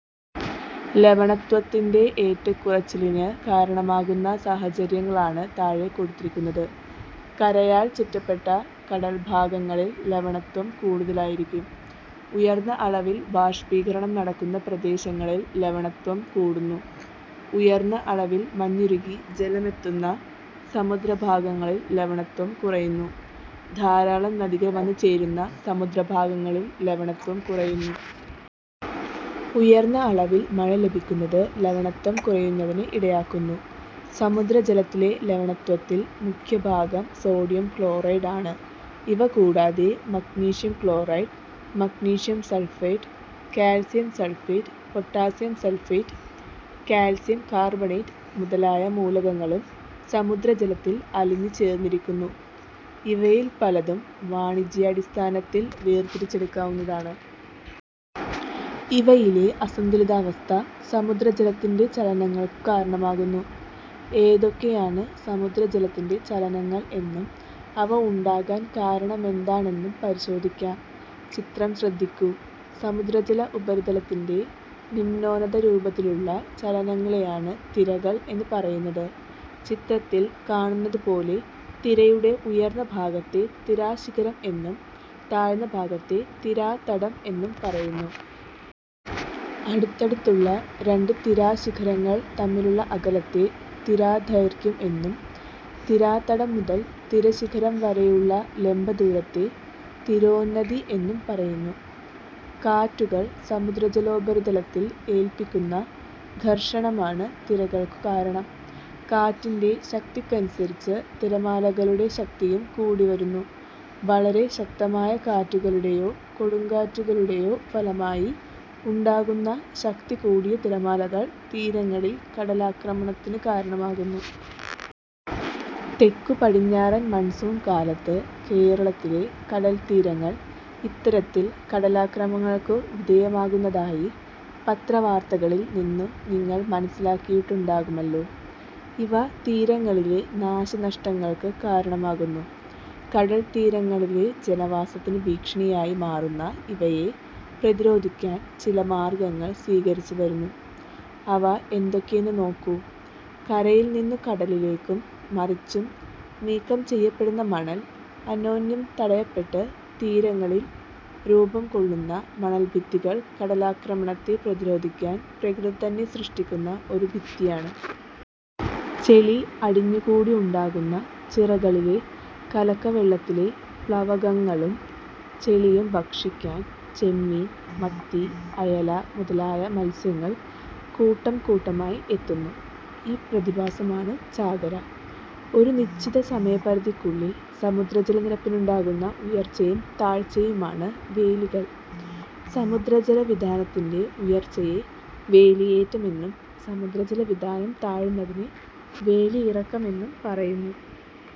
ലവണത്വത്തിന്റെ ഏറ്റക്കുറച്ചിലിന് കാരണമാകുന്ന സാഹചര്യങ്ങളാണ് താഴെ കൊടുത്തിരിക്കുന്നത്. കരയാൽ ചുറ്റപ്പെട്ട കടൽഭാഗങ്ങളിൽ ലവണത്വം കൂടുതലായിരിക്കും. ഉയർന്ന അളവിൽ ബാഷ്പീകരണം നടക്കുന്ന പ്രദേശങ്ങളിൽ ലവണത്വം കൂടുന്നു. ഉയർന്ന അളവിൽ മഞ്ഞുരുകി ജലം എത്തുന്ന സമുദ്രഭാഗങ്ങളിൽ ലവണത്വം കുറയുന്നു. ധാരാളം നദികൾ വന്നു ചേരുന്ന സമുദ്ര ഭാഗങ്ങളിൽ ലവണത്വം കുറയുന്നു. ഉയർന്ന അളവിൽ മഴ ലഭിക്കുന്നത് ലവണത്വം കുറയുന്നതിന് ഇടയാക്കുന്നു. സമുദ്രജലത്തിലെ ലവണത്വത്തിൽ മുഖ്യഭാഗം സോഡിയം ക്ലോറൈഡ് ആണ്. ഇവ കൂടാതെ magnesium chloride, magnesium sulphate, calcium sulphate, potassium sulphate, calcium carbonate മുതലായ മൂലകങ്ങളും സമുദ്രജലത്തിൽ അലിഞ്ഞുചേർന്നിരിക്കുന്നു. ഇവയിൽ പലതും വാണിജ്യാടിസ്ഥാനത്തിൽ വേർ തിരിച്ചെടുക്കാവുന്നതാണ്. ഇവയിലെ അസന്തുലിതാവസ്ഥ സമുദ്രജലത്തിന്റെ ചലനങ്ങൾക്കു കാരണമാകുന്നു. ഏതൊക്കെയാണ് സമുദ്രജലത്തിന്റെ ചലനങ്ങൾ എന്നും അവ ഉണ്ടാകാൻ കാരണമെന്താണെന്നും പരിശോധിക്കാം. ചിത്രം ശ്രദ്ധിക്കൂ. സമുദ്രജല ഉപരിതലത്തിന്റെ നിമ്നോന്നത രൂപത്തിലുള്ള ചലനങ്ങളെയാണ് തിരകൾ എന്നു പറയുന്നത്. ചിത്രത്തിൽ കാണുന്നതുപോലെ തിരയുടെ ഉയർന്ന ഭാഗത്തെ തിരാശിഖരം എന്നും താഴ്ന്ന ഭാഗത്തെ തിരാതടം എന്നും പറയുന്നു. അടുത്തടുത്തുള്ള രണ്ട് തിരാശിഖരങ്ങൾ തമ്മിലുള്ള അകലത്തെ തിരാദൈർഘ്യം എന്നും തിരാതടം മുതൽ തിരശിഖരം വരെയുള്ള ലംബദൂരത്തെ തിരോന്നതി എന്നും പറയുന്നു. കാറ്റുകൾ സമുദ്രജലോപരിതലത്തിൽ ഏൽപ്പിക്കുന്ന ഘർഷണമാണ് തിരകൾക്കു കാരണം. കാറ്റിന്റെ ശക്തിക്കനുസരിച്ച് തിരമാലകളുടെ ശക്തിയും കൂടിവരുന്നു. വളരെ ശക്തമായ കാറ്റുകളുടെയോ കൊടുങ്കാറ്റുകളുടെയോ ഫലമായി ഉണ്ടാകുന്ന ശക്തികൂടിയ തിരമാലകൾ തീരങ്ങളിൽ കടലാക്രമണത്തിനു കാരണമാകുന്നു. തെക്കു-പടിഞ്ഞാറൻ മൺസൂൺ കാലത്ത് കേരളത്തിലെ കടൽത്തീരങ്ങൾ ഇത്തരത്തിൽ കടലാക്രമണങ്ങൾക്കു വിധേയമാകുന്നതായി പത്രവാർത്തകളിൽ നിന്നു നിങ്ങൾ മനസ്സിലാക്കിയിട്ടുണ്ടാകുമല്ലോ. ഇവ തീരങ്ങളിലെ നാശനഷ്ടങ്ങങ്ങൾക്ക് കാരണമാകുന്നു. കടൽത്തീരങ്ങളിലെ ജനവാസത്തിന് ഭീഷണിയായി മാറുന്ന ഇവയെ പ്രതിരോധിക്കാൻ ചില മാർഗങ്ങൾ സ്വീകരിച്ചുവരുന്നു. അവ എന്തൊക്കെയെന്ന് നോക്കൂ. കരയിൽ നിന്നു കടലിലേക്കും മറിച്ചും നീക്കം ചെയ്യപ്പെടുന്ന മണൽ അന്യോന്യം തടയപ്പെട്ട് തീരങ്ങളിൽ രൂപംകൊള്ളുന്ന മണൽഭിത്തികൾ കടലാക്രമണത്തെ പ്രതിരോധിക്കാൻ പ്രകൃതിതന്നെ സൃഷ്ടിക്കുന്ന ഒരു ഭിത്തിയാണ്. ചെളി അടിഞ്ഞുകൂടി ഉണ്ടാകുന്ന ചിറകളിലെ കലക്കവെളളത്തിലെ പ്ലവകങ്ങളും ചെളിയും ഭക്ഷിക്കാൻ ചെമ്മീൻ, മത്തി, അയല മുതലായ മത്സ്യങ്ങൾ കൂട്ടംകൂട്ടമായി എത്തുന്നു. ഈ പ്രതിഭാസമാണ് ചാകര. ഒരു നിശ്ചിത സമയപരിധിക്കുള്ളിൽ സമുദ്രജലനിരപ്പിനുണ്ടാകുന്ന ഉയർച്ചയും താഴ്ചയുമാണ് വേലികൾ. സമുദ്രജല വിതാനത്തിന്റെ ഉയർച്ചയെ വേലിയേറ്റമെന്നും സമുദ്രജല വിതാനം താഴുന്നതിനെ വേലിയിറക്കമെന്നും പറയുന്നു.